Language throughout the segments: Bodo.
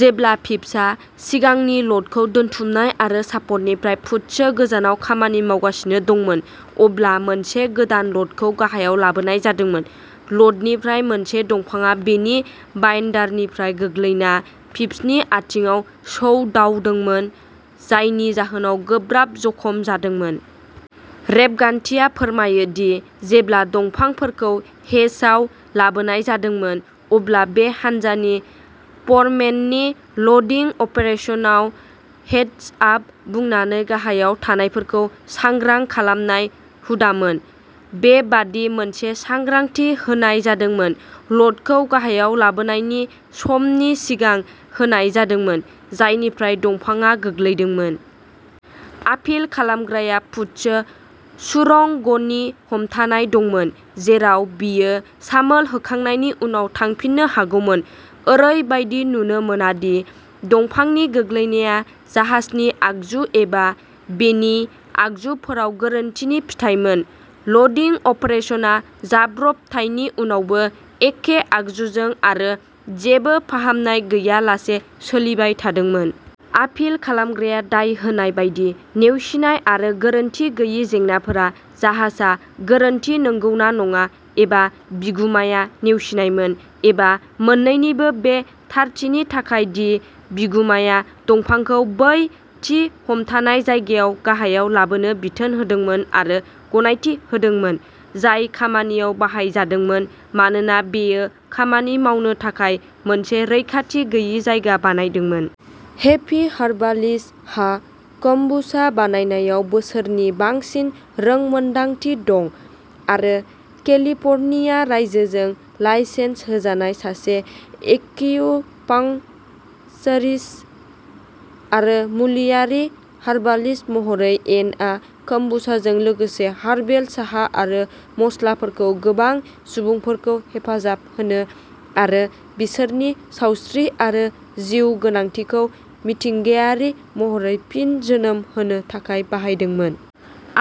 जेब्ला फिप्सआ सिगांनि ल'डखौ दोनथुमनाय आरो शाफ्टनिफ्राय फुटसो गोजानाव खामानि मावगासिनो दंमोन, अब्ला मोनसे गोदान ल'डखौ गाहायाव लाबोनाय जादोंमोन। ल'डनिफ्राय मोनसे दंफांआ बिनि बाइन्डारनिफ्राय गोग्लैना फिप्सनि आथिंआव सौदावदोंमोन, जायनि जाहोनाव गोब्राब जखम जादोंमोन। रेबगान्थिया फोरमायो दि जेब्ला दंफांफोरखौ हेचआव लाबोनाय जादोंमोन, अब्ला बे हानजानि फरमेननि ल'डिं अपारेशनाव "हेडस आप" बुंनानै गाहायाव थानायफोरखौ सांग्रां खालामनाय हुदामोन। बेबादि मोनसे सांग्रांथि होनाय जादोंमोन। ल'डखौ गाहायाव लाबोनायनि समनि सिगां होनाय जादोंमोन, जायनिफ्राय दंफांआ गोग्लैदोंमोन। आपिल खालामग्राया फुटसो सुरंगनि हमथानाय दंमोन, जेराव बियो सामोल होखांनायनि उनाव थांफिन्नो हागौमोन। ओरैबायदि नुनो मोना दि दंफांनि गोग्लैनाया जाहाजनि आगजु एबा बेनि आगजुफोराव गोरोन्थिनि फिथायमोन; ल'डिं अपारेशना जाब्रबथायनि उनावबो एखे आगजुजों आरो जेबो फाहामनाय गैयालासे सोलिबाय थादोंमोन। आपिल खालामग्राया दाय होनाय बायदि नेवसिनाय आरो गोरोनथि गैयै जेंनाफोरा जाहाजआ गोरोनथि नंगौना नङा एबा बिगुमाया नेवसिनायमोन, एबा मोन्नैनिबो, बे थारथिनि थाखाय दि बिगुमाया दंफांखौ बै थि हमथानाय जायगायाव गाहायाव लाबोनो बिथोन होदोंमोन आरो गनायथि होदोंमोन, जाय खामानियाव बाहायजादोंमोन, मानोना बेयो खामानि मावनो थाखाय मोनसे रैखाथि गैयै जायगा बानायदोंमोन। हेपिहार्बालिस्टहा कम्बुचा बानायनायाव बोसोरनि बांसिन रोंमोन्दांथि दं आरो केलिफर्निया रायजोजों लाइसेन्स होजानाय सासे एक्युपांक्चरिस्ट आरो मुलियारि हार्बालिस्ट महरै एडआ कम्बुचाजों लोगोसे हार्बेल साहा आरो मस्लाफोरखौ गोबां सुबुंफोरखौ हेफाजाब होनो आरो बिसोरनि सावस्रि आरो जिउगोनांथिखौ मिथिंगायारि महरै फिन जोनोम होनो थाखाय बाहायदोंमोन।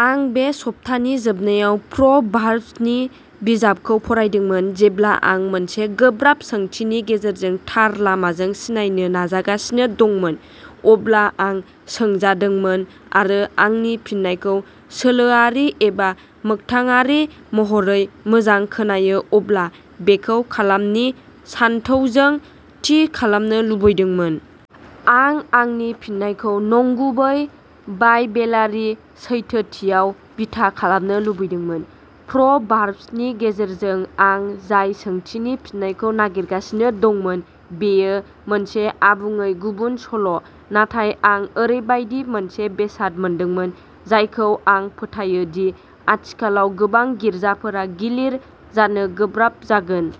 आं बे सप्तानि जोबनायाव प्र'भार्ब्सनि बिजाबखौ फरायदोंमोन। जेब्ला आं मोनसे गोब्राब सोंथिनि गेजेरजों थार लामाजों सिनायनो नाजागासिनो दंमोन, अब्ला आं सोंजादोंमोन आरो आंनि फिननायखौ सोलोआरि एबा मोगथाङारि महरै "मोजां खोनायो, अब्ला बेखौ खालामनि" सानथौजों थि खालामनो लुबैदोंमोन। आं आंनि फिननायखौ नंगुबै, बाइबेलारि सैथोथियाव बिथा खालामनो लुबैदोंमोन। प्र'भार्ब्सनि गेजेरजों आं जाय सोंथिनि फिननायखौ नागिरगासिनो दंमोन, बेयो मोनसे आबुङै गुबुन सल'। नाथाय, आं ओरैबायदि मोनसे बेसाद मोनदोंमोन जायखौ आं फोथायो दि आथिखालाव गोबां गिर्जाफोरा गिलिर जानो गोब्राब जागोन।